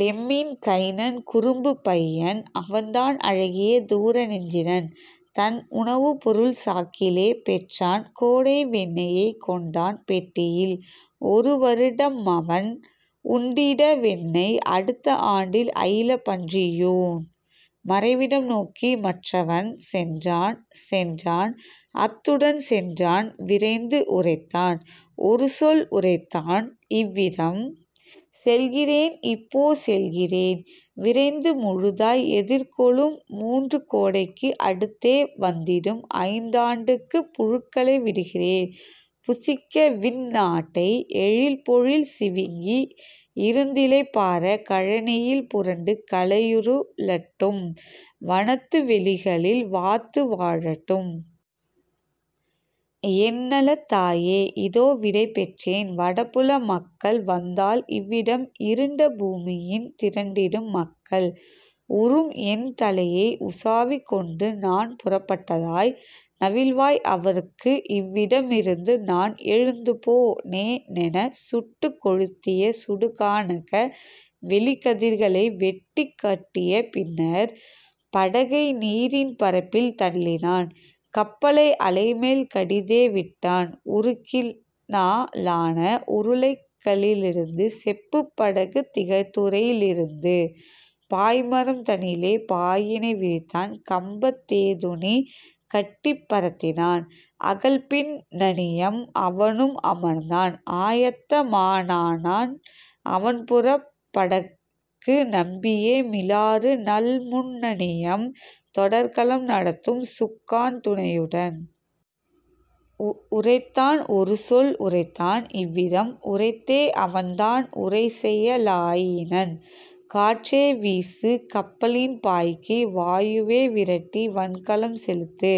லெம்மின் கைனன் குறும்புப் பையன் அவன்தான் அழகிய தூர நெஞ்சினன் தன்உண வுப்பொருள் சாக்கிலே பெற்றான் கோடை வெண்ணெயைக் கொண்டான் பெட்டியில் ஒருவரு டம்மவன் உண்டிட வெண்ணெய் அடுத்த ஆண்டில் அயிலப் பன்றியூன்; மறைவிடம் நோக்கி மற்றவன் சென்றான் சென்றான் அத்துடன் சென்றான் விரைந்து உரைத்தான் ஒருசொல் உரைத்தான் இவ்விதம்: "செல்கிறேன் இப்போ செல்கிறேன் விரைந்து முழுதாய் எதிர்கொளும் மூன்று கோடைக்கு அடுத்தே வந்திடும் ஐந்தாண் டுக்கு புழுக்களை விடுகிறேன் புசிக்கவிந் நாட்டை எழிற்பொழில் சிவிங்கி இருந்திளைப் பாற கழனியில் புரண்டு கலையுரு ளட்டும் வனத்து வெளிகளில் வாத்து வாழட்டும். என்நலத் தாயே, இதோவிடை பெற்றேன், வடபுல மக்கள் வந்தால் இவ்விடம் இருண்ட பூமியின் திரண்டிடும் மக்கள் உறும்என் தலையை உசாவிக் கொண்டு நான்புறப் பட்டதாய் நவில்வாய் அவர்க்கு இவ்விட மிருந்துநான் எழுந்துபோ னேனென சுட்டுக் கொழுத்திய சுடுகானக வெளி கதிர்களை வெட்டிக் கட்டிய பின்னர். " படகை நீரின் பரப்பில் தள்ளினான் கப்பலை அலைமேல் கடிதே விட்டான் உருக்கினா லான உருளைக ளிருந்து செப்புப் படகுத் திகழ்துறை யிருந்து பாய்மரம் தனிலே பாயினை விரித்தான் கம்பத் தேதுணி கட்டிப் பரத்தினான்; அகல்பின் னணியம் அவனும் அமர்ந்தான் ஆயத்த மானான் அவன்புறப் படற்கு நம்பியே மிலாறு நல்முன் னணியம் தொடர்கலம் நடத்தும் சுக்கான் துணையுடன். உரைத்தான் ஒருசொல் உரைத்தான் இவ்விதம்: உரைத்தே அவன்தான் உரைசெய லாயினன்: "காற்றே வீசு கப்பலின் பாய்க்கு வாயுவே விரட்டி வன்கலம் செலுத்து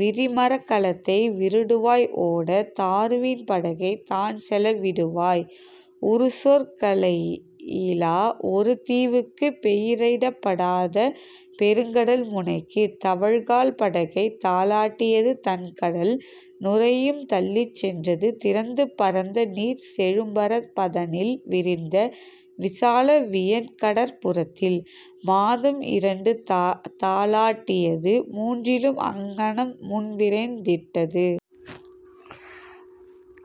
விரிமரக் கலத்தை விடுவாய் ஓட தாருவின் படகைத் தான்செல விடுவாய் உறுசொற் களேயிலா ஒருதீ வுக்கு பெயரிடப் படாத பெருங்கடல் முனைக்கு. தவழ்கால் படகைத் தாலாட் டியது தண்கடல் நுரையும் தள்ளிச் சென்றது திறந்து பரந்தநீர்ச் செழும்பரப் பதனில் விரிந்த விசால வியன்கடற் புறத்தில்; மாதம் இரண்டு தாலாட் டியது மூன்றிலும் அங்ஙனம் முன்விரைந் திட்டது.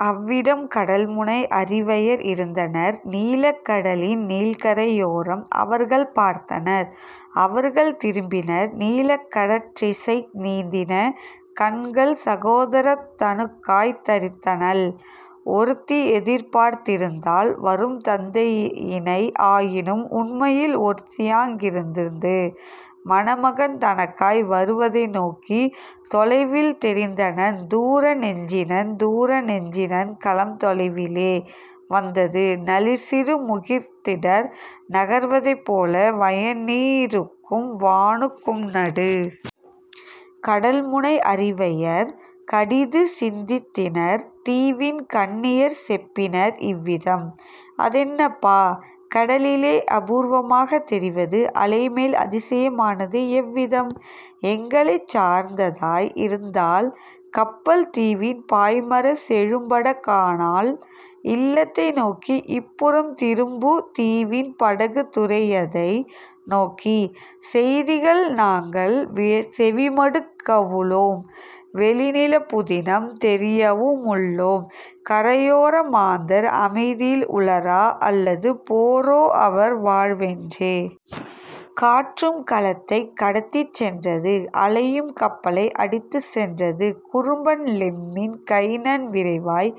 அவ்விடம் கடல்முனை அரிவையர் இருந்தனர் நீலக் கடலின் நீள்கரை யோரம் அவர்கள் பார்த்தனர் அவர்கள் திரும்பினர் நீலக் கடற்றிசை நீந்தின கண்கள் சகோதர னுக்காய்த் தரித்தனள் ஒருத்தி எதிர்பார்த் திருந்தாள் வரும்தந் தையினை ஆயினும் உண்மையில் ஒருத்தியாங் கிருந்தது மணமகன் தனக்காய் வருவதை நோக்கி. தொலைவில் தெரிந்தனன் தூர நெஞ்சினன் தூரநெஞ் சினன்கலம் தொலைவிலே வந்தது நளிர்சிறு முகிற்திடர் நகர்வதைப் போல வயன்நீ ருக்கும் வானுக் கும்நடு. கடல்முனை அரிவையர் கடிதுசிந் தித்தினர் தீவின் கன்னியர் செப்பினர் இவ்விதம்: "அதெனப்பா கடலிலே அபூர்வமாக தெரிவது அலைமேல் அதிசயம் ஆனது எவ்விதம்? எங்களைச் சார்ந்ததாய் இருந்தால் கப்பல் தீவின் பாய்மரச் செழும்பட கானால் இல்லத்தை நோக்கி இப்புறம் திரும்பு தீவின் படகுத் துறையதை நோக்கி: செய்திகள் நாங்கள் செவிமடுக் கவுளோம் வெளிநிலப் புதினம் தெரியவு முள்ளோம் கரையோர மாந்தர் அமைதியில் உளரா அல்லது போரோ அவர் வாழ்வென்றே. " காற்றும் கலத்தைக் கடத்திச் சென்றது அலையும் கப்பலை அடித்துச் சென்றது குறும்பன் லெம்மின் கைனன் விரைவாய்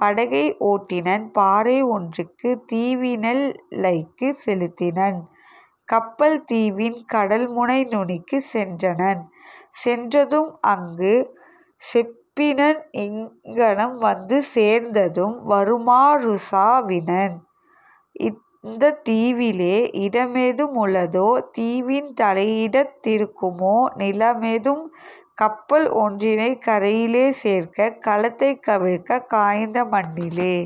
படகை ஓட்டினன் பாறை ஒன்றுக்கு தீவினெல் லைக்குச் செலுத்தினன் கப்பல் தீவின் கடல்முனை நுனிக்குச் சென்றனன். சென்றதும் அங்கு செப்பினன் இங்ஙனம் வந்து சேர்ந்ததும் வருமா றுசாவினன்: "இந்தத் தீவிலே இடமெது முளதோ தீவின் தலையிடத் திருக்குமோ நிலமெதும் கப்பல் ஒன்றினைக் கரையிலே சேர்க்க கலத்தைக் கவிழ்க்கக் காய்ந்த மண்ணிலே?